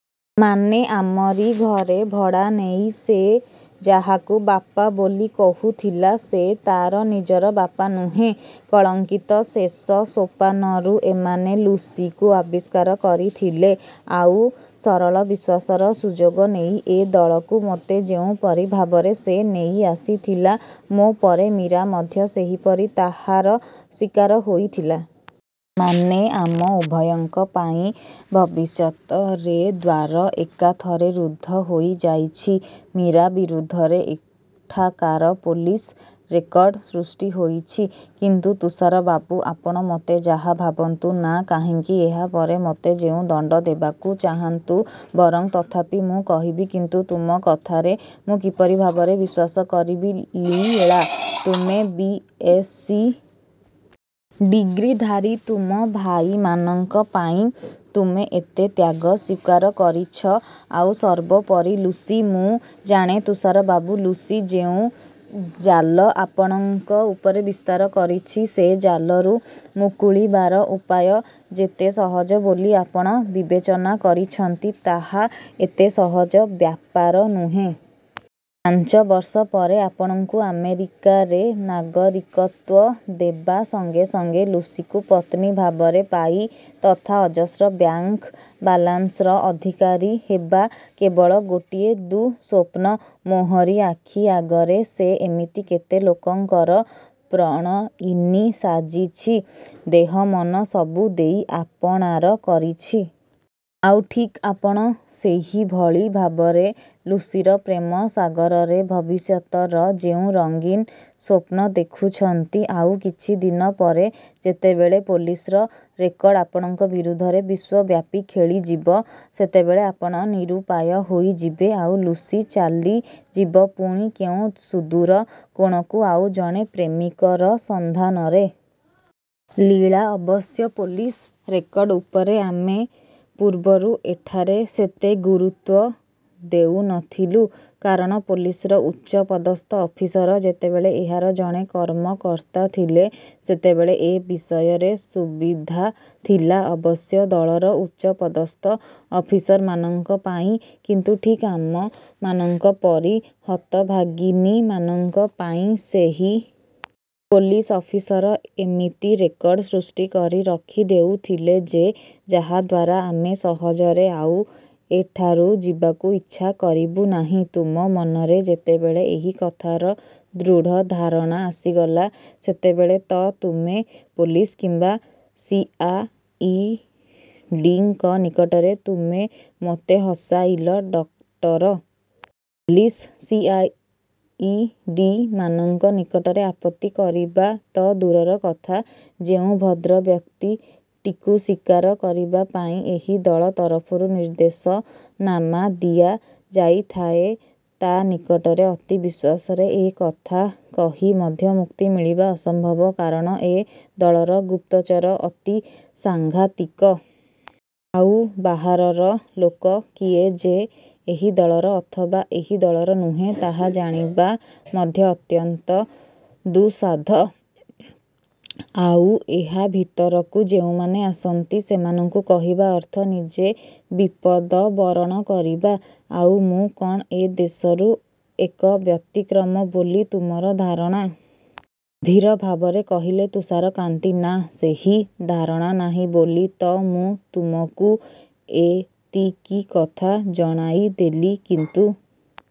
ମାନେ? ଆମରି ଘରେ ଭଡ଼ା ନେଇ ସେ ଯାହାକୁ ବାପା ବୋଲି କହୁଥିଲା, ସେ ତାର ନିଜର ବାପା ନୁହେଁ। କଳଙ୍କିତ ଶେଷ ସୋପାନରୁ ଏମାନେ ଲୁସିକୁ ଆବିଷ୍କାର କରିଥିଲେ। ଆଉ ସରଳ ବିଶ୍ୱାସର ସୁଯୋଗ ନେଇ ଏ ଦଳକୁ ମୋତେ ଯେଉଁପରି ଭାବରେ ସେ ନେଇଆସିଥିଲା, ମୋ ପରେ ମୀରା ମଧ୍ୟ ସେହିପରି ତାହାର ଶିକାର ହୋଇଥିଲା। ମାନେ, ଆମ ଉଭୟଙ୍କ ପାଇଁ ଭବିଷ୍ୟତରେ ଦ୍ୱାର ଏକାଥରେ ରୁଦ୍ଧ ହୋଇଯାଇଛି। ମୀରା ବିରୁଦ୍ଧରେ ଏଠାକାର ପୋଲିସ୍ ରେକର୍ଡ ସୃଷ୍ଟି ହୋଇଛି। କିନ୍ତୁ ତୁଷାର ବାବୁ, ଆପଣ ମୋତେ ଯାହା ଭାବନ୍ତୁ ନା କାହିଁକି, ଏହା ପରେ ମୋତେ ଯେଉଁ ଦଣ୍ଡ ଦେବାକୁ ଚାହାନ୍ତୁ ବରଂ, ତଥାପି ମୁଁ କହିବି କିନ୍ତୁ ତୁମ କଥାରେ ମୁଁ କିପରି ଭାବରେ ବିଶ୍ୱାସ କରିବି ଲୀଳା, ତୁମେ ବି.ଏସ୍‌ସି. ଡିଗ୍ରୀଧାରୀ, ତୁମ ଭାଇମାନଙ୍କ ପାଇଁ ତୁମେ ଏତେ ତ୍ୟାଗ ସ୍ୱୀକାର କରିଛ, ଆଉ ସର୍ବୋପରି ଲୁସି। ମୁଁ ଜାଣେ ତୁଷାର ବାବୁ, ଲୁସି ଯେଉଁ ଜାଲ ଆପଣଙ୍କ ଉପରେ ବିସ୍ତାର କରିଛି, ସେ ଜାଲରୁ ମୁକୁଳିବାର ଉପାୟ ଯେତେ ସହଜ ବୋଲି ଆପଣ ବିବେଚନା କରିଛନ୍ତି, ତାହା ଏତେ ସହଜ ବ୍ୟାପାର ନୁହେଁ। ପାଞ୍ଚ ବର୍ଷ ପରେ ଆପଣଙ୍କୁ ଆମେରିକାରେ ନାଗରିକତ୍ୱ ଦେବା ସଙ୍ଗେ ସଙ୍ଗେ ଲୁସିକୁ ପତ୍ନୀ ଭାବରେ ପାଇ ତଥା ଅଜସ୍ର ବ୍ୟାଙ୍କ ବାଲାନ୍ସର ଅଧିକାରୀ ହେବା କେବଳ ଗୋଟିଏ ଦୁଃସ୍ୱପ୍ନ। ମୋହରି ଆଖି ଆଗରେ ସେ ଏମିତି କେତେ ଲୋକଙ୍କର ପ୍ରଣୟିନୀ ସାଜିଛି। ଦେହ ମନ ସବୁ ଦେଇ ଆପଣାର କରିଛି। ଆଉ ଠିକ୍ ଆପଣ ସେହିଭଳି ଭାବରେ ଲୁସିର ପ୍ରେମ ସାଗରରେ ଭବିଷ୍ୟତର ଯେଉଁ ରଙ୍ଗୀନ୍ ସ୍ୱପ୍ନ ଦେଖୁଛନ୍ତି, ଆଉ କିଛିଦିନ ପରେ ଯେତେବେଳେ ପୋଲିସ୍‌ର ରେକର୍ଡ ଆପଣଙ୍କ ବିରୁଦ୍ଧରେ ବିଶ୍ୱବ୍ୟାପୀ ଖେଳିଯିବ, ସେତେବେଳେ ଆପଣ ନିରୁପାୟ ହୋଇଯିବେ, ଆଉ ଲୁସି ଚାଲିଯିବ ପୁଣି କେଉଁ ସୁଦୂର କୋଣକୁ ଆଉ ଜଣେ ପ୍ରେମିକର ସନ୍ଧାନରେ। ଲୀଳା, ଅବଶ୍ୟ ପୋଲିସ୍ ରେକର୍ଡ ଉପରେ ଆମେ ପୂର୍ବରୁ ଏଠାରେ ସେତେ ଗୁରୁତ୍ୱ ଦେଉନଥିଲୁ। କାରଣ ପୋଲିସ୍‌ର ଉଚ୍ଚପଦସ୍ଥ ଅଫିସର ଯେତେବେଳେ ଏହାର ଜଣେ କର୍ମକର୍ତ୍ତା ଥିଲେ, ସେତେବେଳେ ଏ ବିଷୟରେ ସୁବିଧା ଥିଲା, ଅବଶ୍ୟ ଦଳର ଉଚ୍ଚପଦସ୍ଥ ଅଫିସରମାନଙ୍କ ପାଇଁ। କିନ୍ତୁ ଠିକ୍ ଆମମାନଙ୍କ ପରି ହତଭାଗିନୀମାନଙ୍କ ପାଇଁ ସେହି। ପୋଲିସ୍ ଅଫିସର ଏମିତି ରେକର୍ଡ ସୃଷ୍ଟି କରି ରଖିଦେଉଥିଲେ ଯେ, ଯାହାଦ୍ୱାରା ଆମେ ସହଜରେ ଆଉ ଏଠାରୁ ଯିବାକୁ ଇଚ୍ଛା କରିବୁ ନାହିଁ। ତୁମ ମନରେ ଯେତେବେଳେ ଏହି କଥାର ଦୃଢ଼ ଧାରଣା ଆସିଗଲା, ସେତେବେଳେ ତ ତୁମେ ପୋଲିସ୍ କିମ୍ବା ସି.ଆଇ.ଡି.ଙ୍କ ନିକଟରେ ତୁମେ ମୋତେ ହସାଇଲ, ଡକ୍ଟର। ପୋଲିସ୍, ସି.ଆଇ.ଡି.ମାନଙ୍କ ନିକଟରେ ଆପତ୍ତି କରିବା ତ ଦୂରର କଥା, ଯେଉଁ ଭଦ୍ରବ୍ୟକ୍ତିଟିକୁ ଶିକାର କରିବା ପାଇଁ ଏହି ଦଳ ତରଫରୁ ନିର୍ଦ୍ଦେଶନାମା ଦିଆଯାଇଥାଏ, ତା ନିକଟରେ ଅତି ବିଶ୍ୱାସରେ ଏ କଥା କହି ମଧ୍ୟ ମୁକ୍ତି ମିଳିବା ଅସମ୍ଭବ। କାରଣ ଏ ଦଳର ଗୁପ୍ତଚର ଅତି ସାଙ୍ଘାତିକ। ଆଉ ବାହାରର ଲୋକ କିଏ ଯେ ଏହି ଦଳର ଅଥବା ଏହି ଦଳର ନୁହେଁ, ତାହା ଜାଣିବା ମଧ୍ୟ ଅତ୍ୟନ୍ତ ଦୁଃସାଧ। ଆଉ ଏହା ଭିତରକୁ ଯେଉଁମାନେ ଆସନ୍ତି, ସେମାନଙ୍କୁ କହିବା ଅର୍ଥ ନିଜେ ବିପଦ ବରଣ କରିବା। ଆଉ ମୁଁ କଣ ଏ ଦେଶରୁ ଏକ ବ୍ୟତିକ୍ରମ ବୋଲି ତୁମର ଧାରଣା? ଗମ୍ଭୀର ଭାବରେ କହିଲେ ତୁଷାରକାନ୍ତି। ନା, ସେହି ଧାରଣା ନାହିଁ ବୋଲି ତ ମୁଁ ତୁମକୁ ଏତିକି କଥା ଜଣାଇଦେଲି। କିନ୍ତୁ